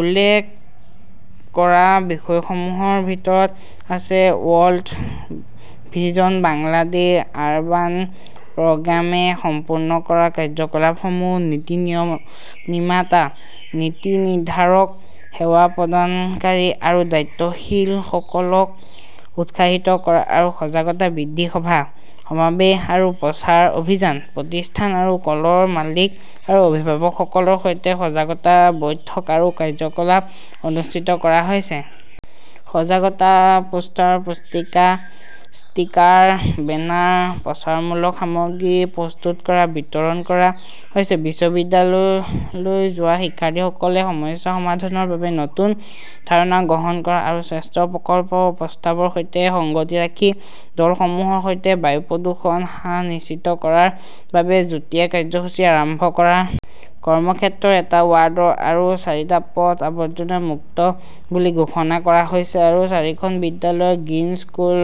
উল্লেখ কৰা বিষয়সমূহৰ ভিতৰত আছে ৱৰ্ল্ড ভিজন বাংলাদেশ আৰবান প্ৰগ্ৰামে সম্পূৰ্ণ কৰা কাৰ্যকলাপসমূহ-নীতি নিৰ্মাতা, নীতি নিৰ্ধাৰক, সেৱা প্ৰদানকাৰী আৰু দায়িত্বশীলসকলক উৎসাহিত কৰা আৰু সজাগতা বৃদ্ধি সভা, সমাৱেশ আৰু প্ৰচাৰ অভিযান। প্ৰতিষ্ঠান আৰু কলৰ মালিক আৰু অভিভাৱকসকলৰ সৈতে সজাগতা বৈঠক আৰু কাৰ্যকলাপ অনুষ্ঠিত কৰা হৈছে। সজাগতা পোষ্টাৰ, পুস্তিকা, ষ্টিকাৰ, বেনাৰ, প্ৰচাৰমূলক সামগ্ৰী প্ৰস্তুত আৰু বিতৰণ কৰা হৈছে। বিশ্ববিদ্যালয়লৈ যোৱা শিক্ষাৰ্থীসকলে সমস্যা সমাধানৰ বাবে নতুন ধাৰণা গ্ৰহণ কৰা আৰু শ্ৰেষ্ঠ প্ৰকল্প প্ৰস্তাৱৰ সৈতে সংগতি ৰাখি দলসমূহৰ সৈতে বায়ু প্ৰদূষণ হ্ৰাস নিশ্চিত কৰাৰ বাবে যুটীয়া কাৰ্যসূচী আৰম্ভ কৰা। কৰ্মক্ষেত্ৰৰ এটা ৱাৰ্ড আৰু চাৰিটা পথ আবৰ্জনা-মুক্ত বুলি ঘোষণা কৰা হৈছে আৰু চাৰিখন বিদ্যালয়ক গ্ৰীণ স্কুল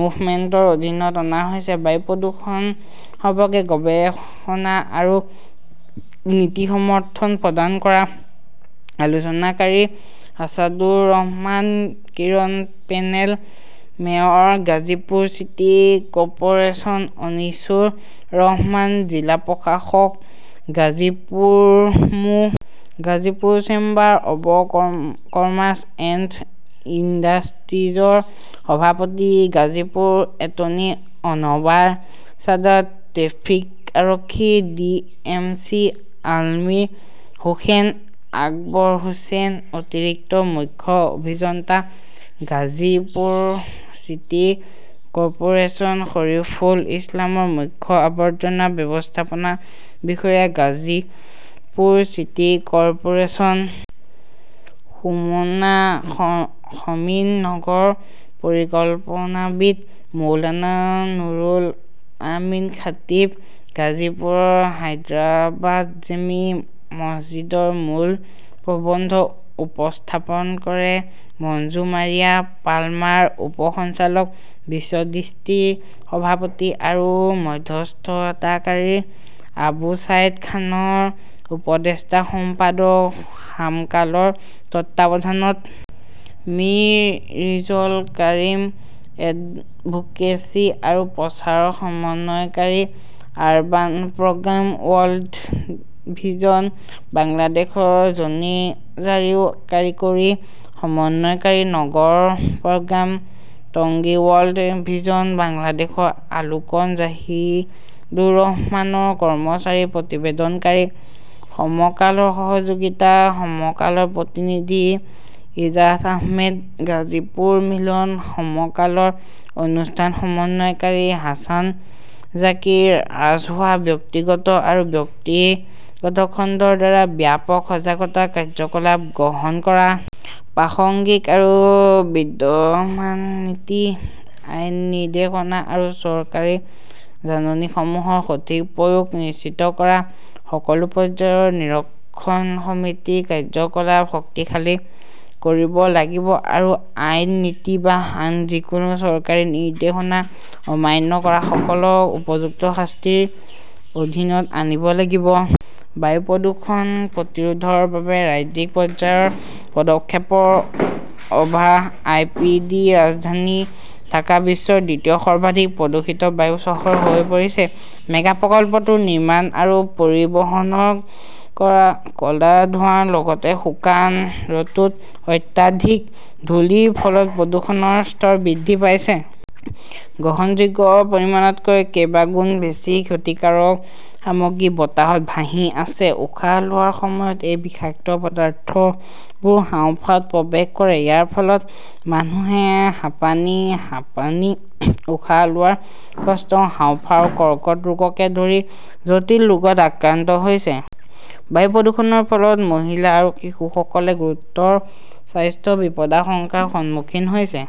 মুভমেণ্টৰ অধীনত অনা হৈছে। বায়ু প্ৰদূষণ সম্পৰ্কে গৱেষণা আৰু নীতি সমৰ্থন প্ৰদান কৰা। আলোচনাকাৰী Asadur Rahman Kiran panel mayor Gazipur city corporation Anisur Rahman, জিলা প্ৰশাসক, গাজীপুৰ মো. Gazipur chamber of commerce and ইণ্ডাষ্ট্ৰীজৰ সভাপতি গাজীপুৰ এটৰ্নী অনৱাৰ ছাদাত, ট্ৰেফিক আৰক্ষীৰ ডিএমচি আলমিৰ হোসেন। আকবৰ হুছেইন অতিৰিক্ত মুখ্য অভিযন্তা গাজীপুৰ চিটি কৰ্পোৰেচন শৰিফুল ইছলামৰ মুখ্য আৱৰ্জনা ব্যৱস্থাপনা বিষয়া গাজীপুৰ চিটি কৰ্পোৰেচন সুমনা শৰ্মিন নগৰ পৰিকল্পনাবিদ মৌলানা নুৰুল আমিন খাটিব গাজীপুৰৰ হায়দৰাবাদ জেমি মছজিদৰ মূল প্ৰবন্ধ উপস্থাপন কৰে মঞ্জু মাৰিয়া পালমাৰ উপ সঞ্চালক, বিশ্ব দৃষ্টিৰ সভাপতি আৰু মধ্যস্থতাকাৰী আবু ছাইদ খানৰ উপদেষ্টা সম্পাদক সামকালৰ তত্বাৱধানত মিৰ ৰিজৌল কাৰিম এডভোকেচি আৰু প্ৰচাৰৰ সমন্বয়কাৰী, আৰবান প্ৰগ্ৰাম ৱৰ্ল্ড ভিজন বাংলাদেশৰ জনি ৰ 'জাৰিঅ' কাৰিকৰী সমন্বয়কাৰী নগৰ প্ৰগ্ৰাম, টংগী ৱৰ্ল্ড ভিজন বাংলাদেশৰ আলোকন জাহিদুৰ ৰহমানৰ কৰ্মচাৰী প্ৰতিবেদনকাৰী, সমকালৰ সহযোগিতাত সমকালৰ প্ৰতিনিধি ইজাজ আহমেদ গাজীপুৰ মিলন, সমকালৰ অনুষ্ঠান সমন্বয়কাৰী হাছান জাকিৰ ৰাজহুৱা, ব্যক্তিগত আৰু ব্যক্তিগত খণ্ডৰ দ্বাৰা ব্যাপক সজাগতা কাৰ্যকলাপ গ্ৰহণ কৰা। প্ৰাসংগিক আৰু বিদ্যমান নীতি, আইন, নিৰ্দেশনা আৰু চৰকাৰী জাননীসমূহৰ সঠিক প্ৰয়োগ নিশ্চিত কৰা। সকলো পৰ্যায়ৰ নিৰীক্ষণ সমিতিৰ কাৰ্য্যকলাপ শক্তিশালী কৰিব লাগিব আৰু আইন, নীতি বা আন যিকোনো চৰকাৰী নিৰ্দেশনা অমান্য কৰাসকলক উপযুক্ত শাস্তিৰ অধীনত আনিব লাগিব। বায়ু প্ৰদূষণ প্ৰতিৰোধৰ বাবে ৰাজ্যিক পৰ্যায়ৰ পদক্ষেপৰ অভাৱ আই পি ডি ৰাজধানী ঢাকা বিশ্বৰ দ্বিতীয় সৰ্বাধিক প্ৰদূষিত বায়ু চহৰ হৈ পৰিছে। মেগা প্ৰকল্পটোৰ নিৰ্মাণ আৰু পৰিবহণৰ ক’লা ধোঁৱাৰ লগতে শুকান ঋতুত অত্যাধিক ধূলিৰ ফলত প্ৰদূষণৰ স্তৰ বৃদ্ধি পাইছে। গ্ৰহণযোগ্য পৰিমাণতকৈ কেইবাগুণ বেছি ক্ষতিকাৰক সামগ্ৰী বতাহত ভাহি আছে। উশাহ লোৱাৰ সময়ত এই বিষাক্ত পদাৰ্থবোৰ হাঁওফাঁওত প্ৰৱেশ কৰে। ইয়াৰ ফলত মানুহে হাঁপানি, হাঁপানি, উশাহ লোৱাৰ কষ্ট, হাঁওফাঁওৰ কৰ্কট ৰোগকে ধৰি জটিল ৰোগত আক্ৰান্ত হৈছে। বায়ু প্ৰদূষণৰ ফলত মহিলা আৰু শিশুসকল গুৰুতৰ স্বাস্থ্য বিপদাশংকাৰ সন্মুখীন হৈছে।